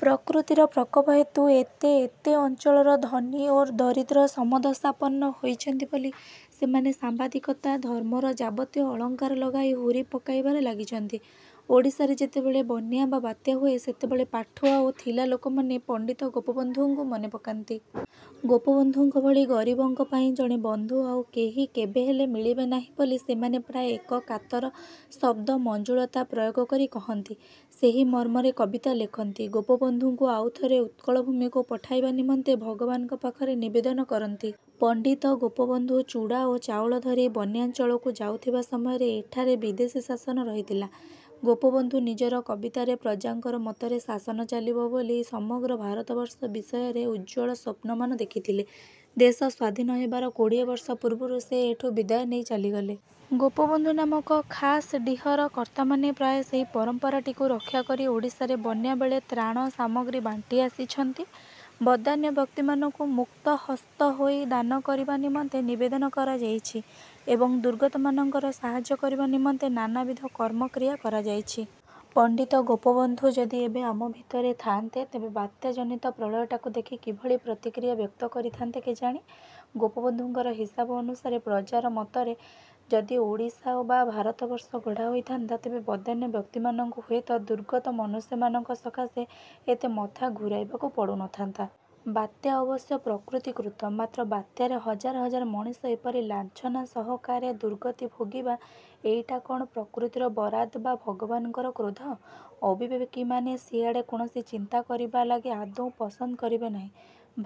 ପ୍ରକୃତିର ପ୍ରକୋପ ହେତୁ ଏତେ ଏତେ ଅଞ୍ଚଳର ଧନୀ ଓ ଦରିଦ୍ର ସମଦଶାପନ୍ନ ହୋଇଛନ୍ତି ବୋଲି ସେମାନେ ସାମ୍ବାଦିକତା-ଧର୍ମର ଯାବତୀୟ ଅଳଙ୍କାର ଲଗାଇ ହୁରି ପକାଇବାରେ ଲାଗିଛନ୍ତି। ଓଡ଼ିଶାରେ ଯେତେବେଳେ ବନ୍ୟା ବା ବାତ୍ୟା ହୁଏ, ସେତେବେଳେ ପାଠୁଆ ଓ ଥିଲା ଲୋକମାନେ ପଣ୍ଡିତ ଗୋପବନ୍ଧୁଙ୍କୁ ମନେପକାନ୍ତି। ଗୋପବନ୍ଧୁଙ୍କ ଭଳି ଗରିବଙ୍କ ପାଇଁ ଜଣେ ବନ୍ଧୁ ଆଉ କେହି କେବେହେଲେ ମିଳିବେ ନାହିଁ ବୋଲି ସେମାନେ ପ୍ରାୟ ଏକ କାତର ଶବ୍ଦମଞ୍ଜୁଳତା ପ୍ରୟୋଗ କରି କହନ୍ତି। ସେହି ମର୍ମରେ କବିତା ଲେଖନ୍ତି। ଗୋପବନ୍ଧୁଙ୍କୁ ଆଉଥରେ ଉତ୍କଳ ଭୂମିକୁ ପଠାଇବା ନିମନ୍ତେ ଭଗବାନଙ୍କ ପାଖରେ ନିବେଦନ କରନ୍ତି। ପଣ୍ଡିତ ଗୋପବନ୍ଧୁ ଚୂଡ଼ା ଓ ଚାଉଳ ଧରି ବନ୍ୟାଞ୍ଚଳକୁ ଯାଉଥିବା ସମୟରେ ଏଠାରେ ବିଦେଶୀ ଶାସନ ରହିଥିଲା। ଗୋପବନ୍ଧୁ ନିଜର କବିତାରେ ପ୍ରଜାଙ୍କର ମତରେ ଶାସନ ଚାଲିବ ବୋଲି ସମଗ୍ର ଭାରତବର୍ଷ ବିଷୟରେ ଉଜ୍ଜ୍ୱଳ ସ୍ଵପ୍ନମାନ ଦେଖିଥିଲେ। ଦେଶ ସ୍ଵାଧୀନ ହେବାର କୋଡ଼ିଏ ବର୍ଷ ପୂର୍ବରୁ ସେ ଏଠୁ ବିଦାୟ ନେଇ ଚାଲିଗଲେ। ଗୋପବନ୍ଧୁ ନାମକ ଖାସ୍ ଡ଼ିହର କର୍ତ୍ତାମାନେ ପ୍ରାୟ ସେହି ପରମ୍ପରାଟିକୁ ରକ୍ଷାକରି ଓଡ଼ିଶାରେ ବନ୍ୟା ବେଳେ ତ୍ରାଣ ସାମଗ୍ରୀ ବାଣ୍ଟି ଆସିଛନ୍ତି। ବଦାନ୍ୟ ବ୍ୟକ୍ତିମାନଙ୍କୁ ମୁକ୍ତହସ୍ତ ହୋଇ ଦାନ କରିବା ନିମନ୍ତେ ନିବେଦନ କରାଯାଇଛି ଏବଂ ଦୁର୍ଗତମାନଙ୍କର ସାହାଯ୍ୟ କରିବା ନିମନ୍ତେ ନାନାବିଧ କର୍ମକ୍ରିୟା କରାଯାଇଛି। ପଣ୍ଡିତ ଗୋପବନ୍ଧୁ ଯଦି ଏବେ ମଧ୍ୟ ଆମ ଭିତରେ ଥାଆନ୍ତେ, ତେବେ ବାତ୍ୟାଜନିତ ପ୍ରଳୟଟାକୁ ଦେଖି କିଭଳି ପ୍ରତିକ୍ରିୟା ବ୍ୟକ୍ତ କରିଥାଆନ୍ତେ କେଜାଣି? ଗୋପବନ୍ଧୁଙ୍କର ହିସାବ ଅନୁସାରେ, ପ୍ରଜାର ମତରେ ଯଦି ଓଡ଼ିଶା ବା ଭାରତବର୍ଷ ଗଢ଼ା ହୋଇଥାନ୍ତା, ତେବେ ବଦାନ୍ୟ ବ୍ୟକ୍ତିମାନଙ୍କୁ ହୁଏତ ଦୁର୍ଗତ ମନୁଷ୍ୟମାନଙ୍କ ସକାଶେ ଏତେ ମଥା ଘୁରାଇବାକୁ ପଡୁନଥାନ୍ତା। ବାତ୍ୟା ଅବଶ୍ୟ ପ୍ରକୃତିକୃତ। ମାତ୍ର ବାତ୍ୟାରେ ହଜାର ହଜାର ମଣିଷ ଏପରି ଲାଞ୍ଛନା ସହକାରେ ଦୁର୍ଗତି ଭୋଗିବା, ଏଇଟା କ'ଣ ପ୍ରକୃତିର ବରାଦ ବା ଭଗବାନଙ୍କର କ୍ରୋଧ? ଅବିବେକୀମାନେ ସିଆଡ଼େ କୌଣସି ଚିନ୍ତା କରିବା ଲାଗି ଆଦୌ ପସନ୍ଦ କରିବେ ନାହିଁ।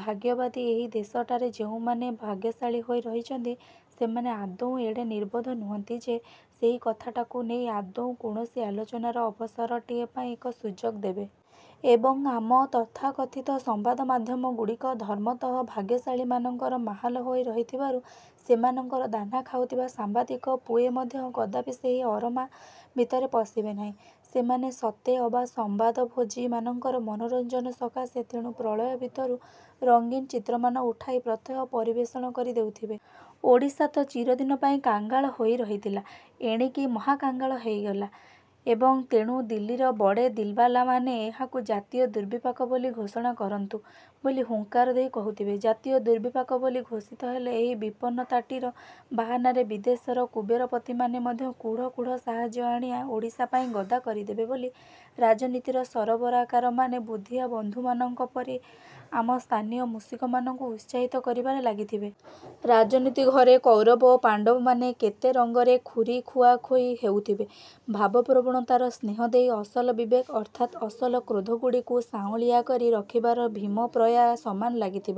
ଭାଗ୍ୟବାଦୀ ଏହି ଦେଶଟାରେ ଯେଉଁମାନେ ଭାଗ୍ୟଶାଳୀ ହୋଇ ରହିଛନ୍ତି, ସେମାନେ ଆଦୌ ଏଡ଼େ ନିର୍ବୋଧ ନୁହନ୍ତି ଯେ ସେହି କଥାଟାକୁ ନେଇ ଆଦୌ କୌଣସି ଆଲୋଚନାର ଅବସରଟିଏ ପାଇଁ ଏକ ସୁଯୋଗ ଦେବେ। ଏବଂ, ଆମ ତଥାକଥିତ ସମ୍ବାଦମାଧ୍ୟମ ଗୁଡ଼ିକ ଧର୍ମତଃ ଭାଗ୍ୟଶାଳୀମାନଙ୍କର ମାହାଲ ହୋଇ ରହିଥିବାରୁ ସେମାନଙ୍କର ଦାନା ଖାଉଥିବା ସାମ୍ବାଦିକ ପୁଏ ମଧ୍ୟ କଦାପି ସେହି ଅରମା ଭିତରେ ପଶିବେ ନାହିଁ। ସେମାନେ ସତେଅବା ସମ୍ବାଦଭୋଜୀ ମାନଙ୍କର ମନୋରଞ୍ଜନ ସକାଶେ ତେଣୁ ପ୍ରଳୟ ଭିତରୁ ରଙ୍ଗୀନ ଚିତ୍ରମାନ ଉଠାଇ ପ୍ରତ୍ୟହ ପରିବେଷଣ କରି ଦେଉଥିବେ। ଓଡ଼ିଶା ତ ଚିରଦିନ ପାଇଁ କାଙ୍ଗଳ ହୋଇ ରହିଥିଲା, ଏଣିକି ମହାକାଙ୍ଗାଳ ହୋଇଗଲା ଏବଂ ତେଣୁ ଦିଲ୍ଲୀର ବଡ଼େ ଦିଲ୍ବାଲାମାନେ ଏହାକୁ ଜାତୀୟ ଦୁର୍ବିପାକ ବୋଲି ଘୋଷଣା କରନ୍ତୁ ବୋଲି ହୁଙ୍କାର ଦେଇ କହୁଥିବେ। ଜାତୀୟ ଦୁର୍ବିପାକ ବୋଲି ଘୋଷିତ ହେଲେ ଏହି ବିପନ୍ନତାଟିର ବାହାନାରେ ବିଦେଶର କୁବେରପତିମାନେ ମଧ୍ୟ କୁଢ଼ କୁଢ଼ ସାହାଯ୍ୟ ଆଣି ଓଡ଼ିଶା ପାଇଁ ଗଦା କରିଦେବେ ବୋଲି ରାଜନୀତିର ସରବରାକାରମାନେ ବୁଦ୍ଧିଆ ବନ୍ଧୁମାନଙ୍କ ପରି ଆମ ସ୍ଥାନୀୟ ମୂଷିକମାନଙ୍କୁ ଉତ୍ସାହିତ କରିବାରେ ଲାଗିଥିବେ। ରାଜନୀତି ଘରେ କୌରବ ଓ ପାଣ୍ଡବମାନେ କେତେ ରଙ୍ଗରେ ଖୁରି ଖୁଆଖୋଇ ହେଉଥିବେ। ଭାବପ୍ରବଣତାର ସ୍ନେହ ଦେଇ ଅସଲ ବିବେକ ଅର୍ଥାତ୍ ଅସଲ କ୍ରୋଧଗୁଡ଼ିକୁ ସାଉଁଳିଆ କରି ରଖିବାର ଭୀମପ୍ରୟା ସମାନ ଲାଗିଥିବ।